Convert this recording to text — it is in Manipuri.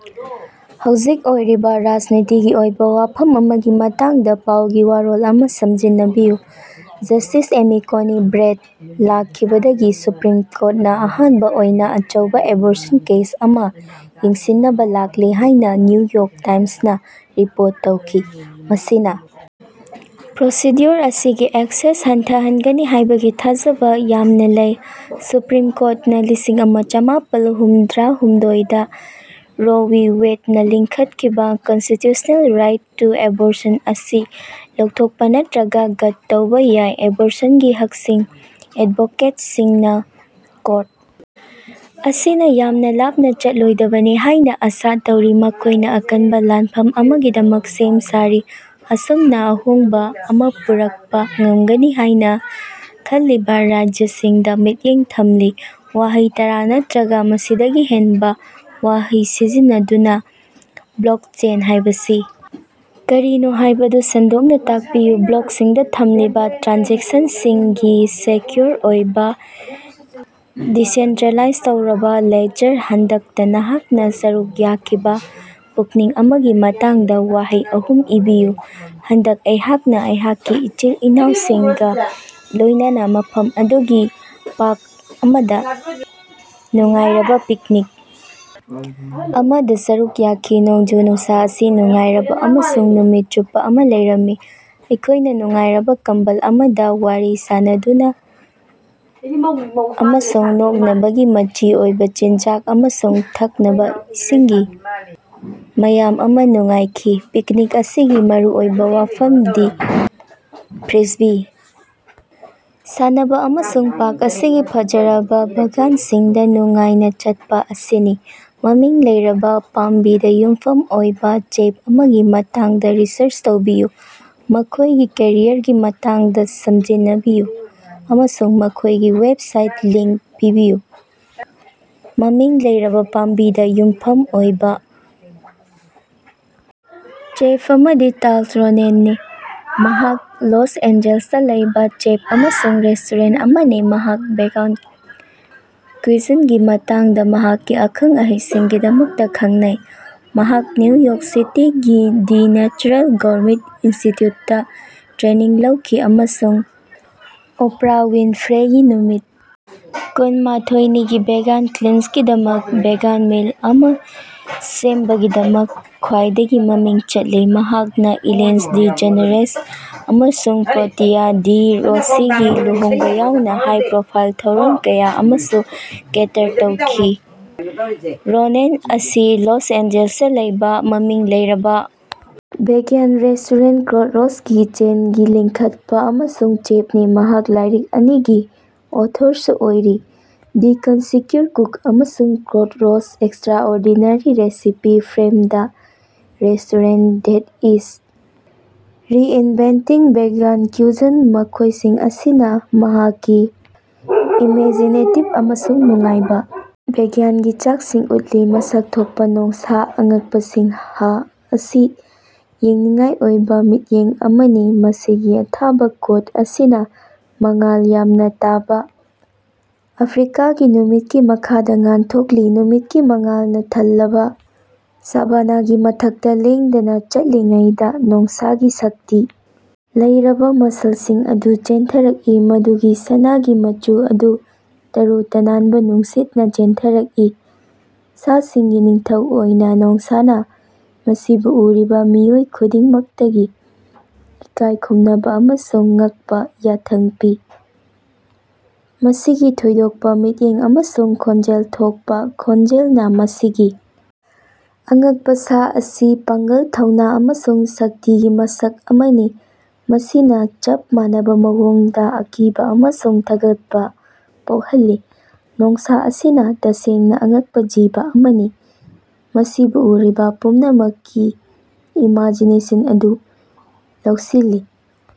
ꯍꯧꯖꯤꯛ ꯑꯣꯏꯔꯤꯕ ꯔꯥꯖꯅꯤꯇꯤꯒꯤ ꯑꯣꯏꯕ ꯋꯥꯐꯝ ꯑꯃꯒꯤ ꯃꯇꯥꯡꯗ ꯄꯥꯎꯒꯤ ꯋꯥꯔꯣꯜ ꯑꯃ ꯁꯝꯖꯤꯟꯅꯕꯤꯌꯨ꯫ ꯖꯁ꯭ꯇꯤꯁ ꯑꯦꯃꯤ ꯀꯣꯅꯤ ꯕꯦꯔꯦꯠ ꯂꯥꯛꯈꯤꯕꯗꯒꯤ ꯁꯨꯄ꯭ꯔꯤꯝ ꯀꯣꯔꯠꯅ ꯑꯍꯥꯟꯕ ꯑꯣꯏꯅ ꯑꯆꯧꯕ ꯑꯦꯕꯣꯔꯁꯟ ꯀꯦꯁ ꯑꯃ ꯌꯦꯡꯁꯤꯟꯅꯕ ꯂꯥꯛꯂꯤ ꯍꯥꯏꯅ ꯅ꯭ꯌꯨ ꯌ꯭ꯣꯔꯛ ꯇꯥꯏꯝꯁꯅ ꯔꯤꯄꯣꯔꯠ ꯇꯧꯈꯤ꯫ ꯃꯁꯤꯅ ꯄ꯭ꯔꯣꯁꯤꯗ꯭ꯌꯨꯑꯣꯔ ꯑꯁꯤꯒꯤ ꯑꯦꯛꯁꯦꯁ ꯍꯟꯊꯍꯟꯒꯅꯤ ꯍꯥꯏꯕꯒꯤ ꯊꯥꯖꯕ ꯌꯥꯝꯅ ꯂꯩ꯫ ꯁꯨꯄ꯭ꯔꯤꯝ ꯀꯣꯔꯠꯅ ꯂꯤꯁꯤꯡ ꯑꯃ ꯆꯃꯥꯄꯜ ꯍꯨꯝꯗꯔꯥ ꯍꯨꯝꯗꯣꯏꯗꯥ ꯔꯣ ꯋꯤ ꯋꯦꯗꯅ ꯂꯤꯡꯈꯠꯈꯤꯕ ꯀꯟꯁꯇꯤꯇ꯭ꯌꯨꯁꯅꯦꯜ ꯔꯥꯏꯠ ꯇꯨ ꯑꯦꯕꯣꯔꯁꯟ ꯑꯁꯤ ꯂꯧꯊꯣꯛꯄ ꯅꯠꯇꯔꯒ ꯒꯠ ꯇꯧꯕ ꯌꯥꯏ, ꯑꯦꯕꯣꯔꯁꯟꯒꯤ ꯍꯛꯁꯤꯡꯒꯤ ꯑꯦꯗꯕꯣꯀꯦꯠꯁꯁꯤꯡꯅ ꯀ꯭ꯣꯔꯠ ꯑꯁꯤꯅ ꯌꯥꯃꯅꯥ ꯂꯥꯞꯅ ꯆꯠꯂꯣꯏꯗꯕꯅꯤ ꯍꯥꯏꯅ ꯑꯁꯥ ꯇꯧꯔꯤ꯫ ꯃꯈꯣꯏꯅ ꯑꯀꯟꯕ ꯂꯥꯅꯐꯝ ꯑꯃꯒꯤꯗꯃꯛ ꯁꯦꯝ ꯁꯥꯔꯤ, ꯑꯃꯁꯨꯡ ꯃꯈꯣꯏꯅ ꯑꯍꯣꯡꯕ ꯑꯃ ꯄꯨꯔꯛꯄ ꯉꯝꯒꯅꯤ ꯍꯥꯏꯅ ꯈꯜꯂꯤꯕ ꯔꯥꯖ꯭ꯌꯁꯤꯡꯗ ꯃꯤꯠꯌꯦꯡ ꯊꯝꯂꯤ꯫ ꯋꯥꯍꯩ ꯇꯔꯥ ꯅꯠꯇꯔꯒ ꯃꯁꯤꯗꯒꯤ ꯍꯦꯟꯕ ꯋꯥꯍꯩ ꯁꯤꯖꯤꯟꯅꯗꯨꯅ ꯕ꯭ꯂꯣꯛꯆꯦꯟ ꯍꯥꯏꯕꯁꯤ ꯀꯔꯤꯅꯣ ꯍꯥꯏꯕꯗꯨ ꯁꯟꯗꯣꯛꯅ ꯇꯥꯛꯄꯤꯌꯨ꯫ ꯕ꯭ꯂꯣꯛꯁꯤꯡꯗ ꯊꯝꯂꯤꯕ ꯇ꯭ꯔꯥꯟꯖꯦꯛꯁꯟꯁꯤꯡꯒꯤ ꯁꯦꯀ꯭ꯌꯨꯑꯣꯔ ꯑꯣꯏꯕ, ꯗꯤꯁꯦꯟꯇ꯭ꯔꯦꯂꯥꯏꯖ ꯇꯧꯔꯕ ꯂꯦꯖꯔ꯫ ꯍꯟꯗꯛꯇ ꯅꯍꯥꯛꯅ ꯁꯔꯨꯛ ꯌꯥꯈꯤꯕ ꯄꯤꯛꯅꯤꯛ ꯑꯃꯒꯤ ꯃꯇꯥꯡꯗ ꯋꯥꯍꯩ ꯑꯍꯨꯝ ꯏꯕꯤꯌꯨ꯫ ꯍꯟꯗꯛꯇ ꯑꯩꯍꯥꯛꯅ ꯑꯩꯍꯥꯛꯀꯤ ꯏꯆꯤꯜ-ꯏꯅꯥꯑꯣꯁꯤꯡꯒ ꯂꯣꯏꯅꯅ ꯃꯐꯝ ꯑꯗꯨꯒꯤ ꯄꯥ꯭ꯔꯛ ꯑꯃꯗ ꯅꯨꯡꯉꯥꯏꯔꯕ ꯄꯤꯛꯅꯤꯛ ꯑꯃꯗ ꯁꯔꯨꯛ ꯌꯥꯈꯤ꯫ ꯅꯣꯡꯖꯨ-ꯅꯨꯡꯁꯥ ꯑꯁꯤ ꯅꯨꯡꯉꯥꯏꯔꯕ ꯑꯃꯁꯨꯡ ꯅꯨꯃꯤꯠ ꯆꯨꯞꯄ ꯑꯃ ꯂꯩꯔꯝꯃꯤ, ꯑꯩꯈꯣꯏꯅ ꯅꯨꯡꯉꯥꯏꯔꯕ ꯀꯝꯕꯜ ꯑꯃꯗ ꯋꯥꯔꯤ ꯁꯥꯅꯗꯨꯅ ꯑꯃꯁꯨꯡ ꯅꯣꯛꯅꯕꯗ ꯃꯆꯤ ꯑꯣꯏꯕ ꯆꯤꯟꯖꯥꯛ ꯑꯃꯁꯨꯡ ꯊꯛꯅꯕ ꯏꯁꯤꯡꯒꯤ ꯃꯌꯥꯝ ꯑꯃ ꯅꯨꯡꯉꯥꯏꯈꯤ꯫ ꯄꯤꯛꯅꯤꯛ ꯑꯁꯤꯒꯤ ꯃꯔꯨꯑꯣꯏꯕ ꯋꯥꯐꯝꯗꯤ ꯐ꯭ꯔꯤꯁꯕꯤ ꯁꯥꯟꯅꯕ ꯑꯃꯁꯨꯡ ꯄꯥ꯭ꯔꯛ ꯑꯁꯤꯒꯤ ꯐꯖꯔꯕ ꯕꯥꯒꯥꯟꯁꯤꯡꯗ ꯅꯨꯡꯉꯥꯏꯅ ꯆꯠꯄ ꯑꯁꯤꯅꯤ꯫ ꯃꯃꯤꯡ ꯂꯩꯔꯕ ꯄꯥꯝꯕꯤꯗ ꯌꯨꯝꯐꯝ ꯑꯣꯏꯕ ꯆꯦꯐ ꯑꯃꯒꯤ ꯃꯇꯥꯡꯗ ꯔꯤꯁꯔꯆ ꯇꯧꯕꯤꯌꯨ, ꯃꯈꯣꯏꯒꯤ ꯀꯦꯔꯤꯌꯔꯒꯤ ꯃꯇꯥꯡꯗ ꯁꯝꯖꯤꯟꯅꯕꯤꯌꯨ ꯑꯃꯁꯨꯡ ꯃꯈꯣꯏꯒꯤ ꯋꯦꯕꯁꯥꯏꯠ ꯂꯤꯡꯛ ꯄꯤꯕꯤꯌꯨ꯫ ꯃꯃꯤꯡ ꯂꯩꯔꯕꯥ ꯄꯥꯝꯕꯤꯗ ꯌꯨꯝꯐꯝ ꯑꯣꯏꯕ ꯆꯦꯐ ꯑꯃꯗꯤ ꯇꯥꯜ ꯔꯣꯅꯦꯟꯅꯤ꯫ ꯃꯍꯥꯛ ꯂꯣꯁ ꯑꯦꯟꯖꯦꯜꯁꯇ ꯂꯩꯕ ꯆꯦꯐ ꯑꯃꯁꯨꯡ ꯔꯦꯁꯇꯣꯔꯦꯟꯠ ꯑꯃꯅꯤ, ꯃꯍꯥꯛ ꯚꯦꯒꯥꯟ ꯀꯨꯏꯖꯤꯟ ꯃꯇꯥꯡꯗ ꯃꯍꯥꯛꯀꯤ ꯑꯈꯪ-ꯑꯍꯩꯁꯤꯡꯒꯤꯗꯃꯛꯇ ꯈꯉꯅꯩ꯫ ꯃꯍꯥꯛ ꯅ꯭ꯌꯨ ꯌ꯭ꯣꯔꯛ ꯁꯤꯇꯤꯒꯤ ꯗꯤ ꯅꯦꯆꯦꯔꯦꯜ ꯒꯧꯔꯃꯦꯠ ꯏꯟꯁꯇꯤꯠꯌꯨꯠꯇ ꯇ꯭ꯔꯦꯅꯤꯡ ꯂꯧꯈꯤ ꯑꯃꯁꯨꯡ ꯑꯣꯄ꯭ꯔꯥ ꯋꯤꯟꯐ꯭ꯔꯦꯒꯤ ꯅꯨꯃꯤꯠ ꯀꯨꯟ ꯃꯥꯊꯣꯏꯅꯤꯒꯤ ꯚꯦꯒꯥꯟ ꯀ꯭ꯂꯤꯟꯖꯒꯤꯗꯃꯛ ꯚꯦꯒꯥꯟ ꯃꯤꯜ ꯑꯃ ꯁꯦꯝꯕꯒꯤꯗꯃꯛ ꯈ꯭ꯋꯥꯏꯗꯒꯤ ꯃꯃꯤꯡ ꯆꯠꯂꯤ꯫ ꯃꯍꯥꯛꯅꯥ ꯏꯂꯦꯟ ꯗꯤꯖꯦꯅꯦꯔꯦꯁ ꯑꯃꯁꯨꯡ ꯄꯣꯔꯇꯤꯌꯥ ꯗꯦ ꯔꯣꯁꯤꯒꯤ ꯂꯨꯍꯣꯡꯕ ꯌꯥꯎꯅ ꯍꯥꯏ-ꯄ꯭ꯔꯣꯐꯥꯏꯜ ꯊꯧꯔꯝ ꯀꯌꯥ ꯑꯃꯁꯨ ꯀꯦꯇꯔ ꯇꯧꯈꯤ꯫ ꯔꯣꯅꯦꯟ ꯑꯁꯤ ꯂꯣꯁ ꯑꯦꯟꯖꯦꯜꯁꯇ ꯂꯩꯕꯥ ꯃꯃꯤꯡ ꯂꯩꯔꯕꯥ ꯚꯦꯒꯥꯟ ꯔꯦꯁ꯭ꯇꯣꯔꯦꯟꯠ ꯀ꯭ꯔꯣꯁꯔꯣꯗꯁ ꯀꯤꯆꯦꯟꯒꯤ ꯂꯤꯡꯈꯠꯄꯥ ꯑꯃꯁꯨꯡ ꯆꯦꯐꯅꯤ꯫ ꯃꯍꯥꯛ ꯂꯥꯏꯔꯤꯛ ꯑꯅꯤꯒꯤ ꯑꯣꯊꯣꯔꯁꯨ ꯑꯣꯏꯔꯤ, "ꯗꯤ ꯀꯟꯁꯤꯌꯁ ꯀꯨꯛ" ꯑꯃꯁꯨꯡ "Crossroads: extraordinary recipes from the restaurant that is reinventing vegan cuisine", ꯃꯈꯣꯏꯁꯤꯡ ꯑꯁꯤꯅ ꯃꯍꯥꯛꯀꯤ ꯏꯃꯦꯖꯤꯅꯦꯇꯤꯕ ꯑꯃꯁꯨꯡ ꯅꯨꯡꯉꯥꯏꯕ ꯚꯦꯒꯥꯟꯒꯤ ꯆꯥꯛꯁꯤꯡ ꯎꯠꯂꯤ꯫ ꯃꯁꯛ ꯊꯣꯛꯄ ꯅꯣꯡꯁꯥ꯫ ꯑꯉꯛꯄ ꯁꯤꯡꯍ ꯑꯁꯤ ꯌꯦꯡꯅꯤꯡꯉꯥꯏ ꯑꯣꯏꯕ ꯃꯤꯠꯌꯦꯡ ꯑꯃꯅꯤ, ꯃꯁꯤꯒꯤ ꯑꯊꯥꯕꯥ ꯀꯣꯠ ꯑꯁꯤ ꯃꯉꯥꯜ ꯌꯥꯝꯅ ꯇꯥꯕ, ꯑꯐ꯭ꯔꯤꯀꯥꯒꯤ ꯅꯨꯃꯤꯠꯀꯤ ꯃꯈꯥꯗ ꯉꯥꯟꯊꯣꯛꯂꯤ꯫ ꯅꯨꯃꯤꯠꯀꯤ ꯃꯉꯥꯜꯅꯥ ꯊꯜꯂꯕ ꯁꯥꯚꯥꯅꯥꯒꯤ ꯃꯊꯛꯇ ꯂꯦꯡꯗꯅ ꯆꯠꯂꯤꯉꯩꯗ ꯅꯣꯡꯁꯥꯒꯤ ꯁꯛꯇꯤ ꯂꯩꯔꯕ ꯃꯁꯜꯁꯤꯡ ꯑꯗꯨ ꯆꯦꯟꯊꯔꯛꯏ, ꯃꯗꯨꯒꯤ ꯁꯅꯥꯒꯤ ꯃꯆꯨ ꯑꯗꯨ ꯇꯔꯨ ꯇꯅꯥꯟꯕ ꯅꯨꯡꯁꯤꯠꯇ ꯆꯦꯟꯊꯔꯛꯏ꯫ ꯁꯥꯁꯤꯡꯒꯤ ꯅꯤꯡꯊꯧ ꯑꯣꯏꯅ, ꯅꯣꯡꯁꯥꯅ ꯃꯁꯤꯕꯨ ꯎꯔꯤꯕ ꯃꯤꯑꯣꯏ ꯈꯨꯗꯤꯡꯃꯛꯇꯒꯤ ꯏꯀꯥꯏꯈꯨꯝꯅꯕ ꯑꯃꯁꯨꯡ ꯉꯛꯄ ꯌꯥꯊꯪ ꯄꯤ, ꯃꯁꯤꯒꯤ ꯊꯣꯏꯗꯣꯛꯄ ꯃꯤꯠꯌꯦꯡ ꯑꯃꯁꯨꯡ ꯈꯣꯟꯖꯦꯜ ꯊꯣꯛꯄ ꯈꯣꯟꯖꯦꯜꯅ꯫ ꯃꯁꯤꯒꯤ ꯑꯉꯛꯄ ꯁꯥ ꯑꯁꯤ ꯄꯥꯡꯒꯜ, ꯊꯧꯅꯥ ꯑꯃꯁꯨꯡ ꯁꯛꯇꯤꯒꯤ ꯃꯁꯛ ꯑꯃꯅꯤ, ꯃꯁꯤꯅ ꯆꯞ ꯃꯥꯟꯅꯕ ꯃꯑꯣꯡꯗ ꯑꯀꯤꯕ ꯑꯃꯁꯨꯡ ꯊꯥꯒꯠꯄ ꯄꯣꯈꯜꯂꯤ꯫ ꯅꯣꯡꯁꯥ ꯑꯁꯤ ꯇꯁꯦꯡꯅ ꯑꯉꯛꯄ ꯖꯤꯕ ꯑꯃꯅꯤ, ꯃꯁꯤꯕꯨ ꯎꯔꯤꯕꯥ ꯄꯨꯝꯅꯃꯛꯀꯤ ꯏꯃꯦꯖꯤꯅꯦꯁꯟ ꯑꯗꯨ ꯂꯧꯁꯤꯜꯂꯤ꯫